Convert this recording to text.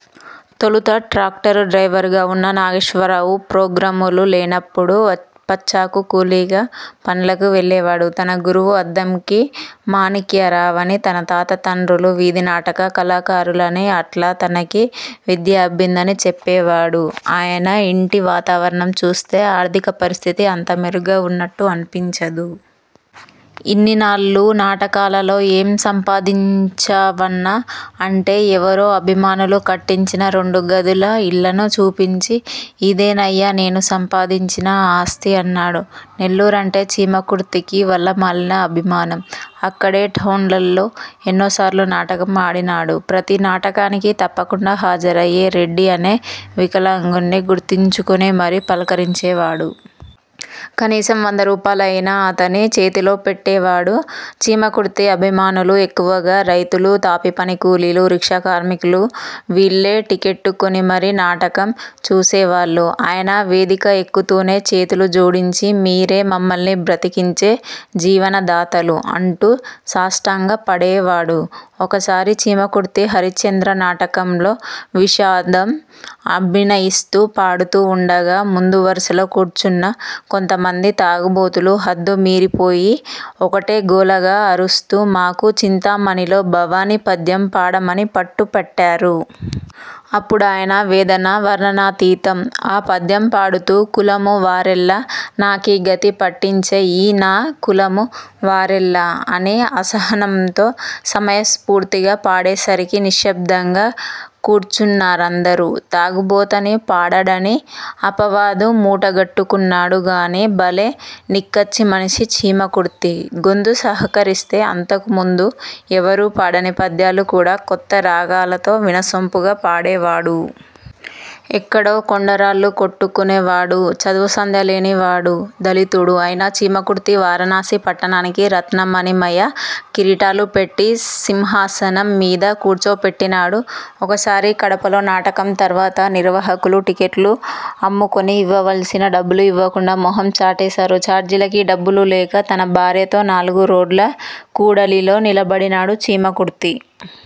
తొలుత ట్రాక్టరు డ్రైవరుగా వున్న నాగేశ్వర్రావు ప్రోగ్రాములు లేనపుడు పచ్చాకు కూలీగా పనులకు వెళ్ళేవాడు. తన గురువు అద్దంకి మాణిక్యరావనీ; తన తాత, తండ్రులు వీధినాటక కళాకారులని అట్లా తనకీ విద్య అబ్బిందనీ చెప్పేవాడు. ఆయన యింటి వాతావరణం చూస్తే ఆర్థిక పరిస్థితి అంత మెరుగ్గా వున్నట్టు అన్పించదు. 'ఇన్నినాళ్లు నాటకాలలో ఏం సంపాయించావన్నా! ' అంటే, ఎవరో అభిమానులు కట్టించిన రెండు గదుల ఇల్లును చూపించి 'ఇదేనయ్యా! నేను సంపాయించిన ఆస్తి' అన్నాడు. నెల్లూరంటే చీమకుర్తికి వల్లమాలిన అభిమానం. అక్కడే టౌన్హాల్లో ఎన్నోసార్లు నాటకం ఆడినాడు. ప్రతి నాటకానికీ తప్పకుండా హాజరయ్యే 'రెడ్డి' అనే వికలాంగుణ్ణి గుర్తుంచుకునిమరీ పలకరించేవాడు. కనీసం వందరూపాయలయినా అతని చేతిలో పెట్టేవాడు. చీమకుర్తి అభిమానులు ఎక్కువగా రైతులు, తాపీపని కూలీలు, రిక్షా కార్మికులు వీళ్ళే టిక్కెట్టు కొని మరీ నాటకం చూసేవాళ్ళు. ఆయన వేదిక ఎక్కుతూనే చేతులు జోడించి 'మీరే మమ్మల్ని బ్రతికించే జీవన దాతలు' అంటూ సాష్టాంగ పడేవాడు. ఒకసారి చీమకుర్తి హరిశ్చంద్ర నాటకంలో విషాదం అభినయిస్తూ పాడుతూ వుండగా ముందు వరుసలో కూర్చున్న కొంతమంది తాగుబోతులు హద్దు మీరిపోయి ఒకటే గోలగా అరుస్తూ 'మాకు చింతామణిలో భవాని పద్యం పాడ'మని పట్టుపట్టారు. అప్పుడాయన వేదన వర్ణనాతీతం. ఆ పద్యం పాడుతూ 'కులము వారెల్ల నాకీ గతి పట్టించే ఈ నా కులము వారెల్ల' అని అసహనంతో సమయస్ఫూర్తిగా పాడేసరికి నిశ్శబ్దంగా కూర్చున్నారందరూ. తాగుబోతని, పాడడని అపవాదు మూటగట్టుకున్నాడు గానీ, బలే నిక్కచ్చి మనిషి చీమకుర్తి. గొంతు సహకరిస్తే అంతకుముందు ఎవరూ పాడని పద్యాలు కూడా కొత్త రాగాలతో వినసొంపుగా పాడేవాడు. ఎక్కడో కొండరాళ్ళు కొట్టుకునే వాడూ, చదువూసంధ్యాలేని వాడూ, దళితుడూ అయిన చీమకుర్తి వారణాసి ఘట్టానికి రత్నమణిమయ కిరీటాలు పెట్టి సింహాసనం మీద కూర్చోపెట్టినాడు. ఒకసారి కడపలో నాటకం తర్వాత నిర్వాహకులు టిక్కెట్లు అమ్ముకొని ఇవ్వవలసిన డబ్బులు ఇవ్వకుండా మొహం చాటేశారు. చార్జీలకి డబ్బులు లేక తన భార్యతో నాలుగు రోడ్ల కూడలిలో నిలబడినాడు చీమకుర్తి.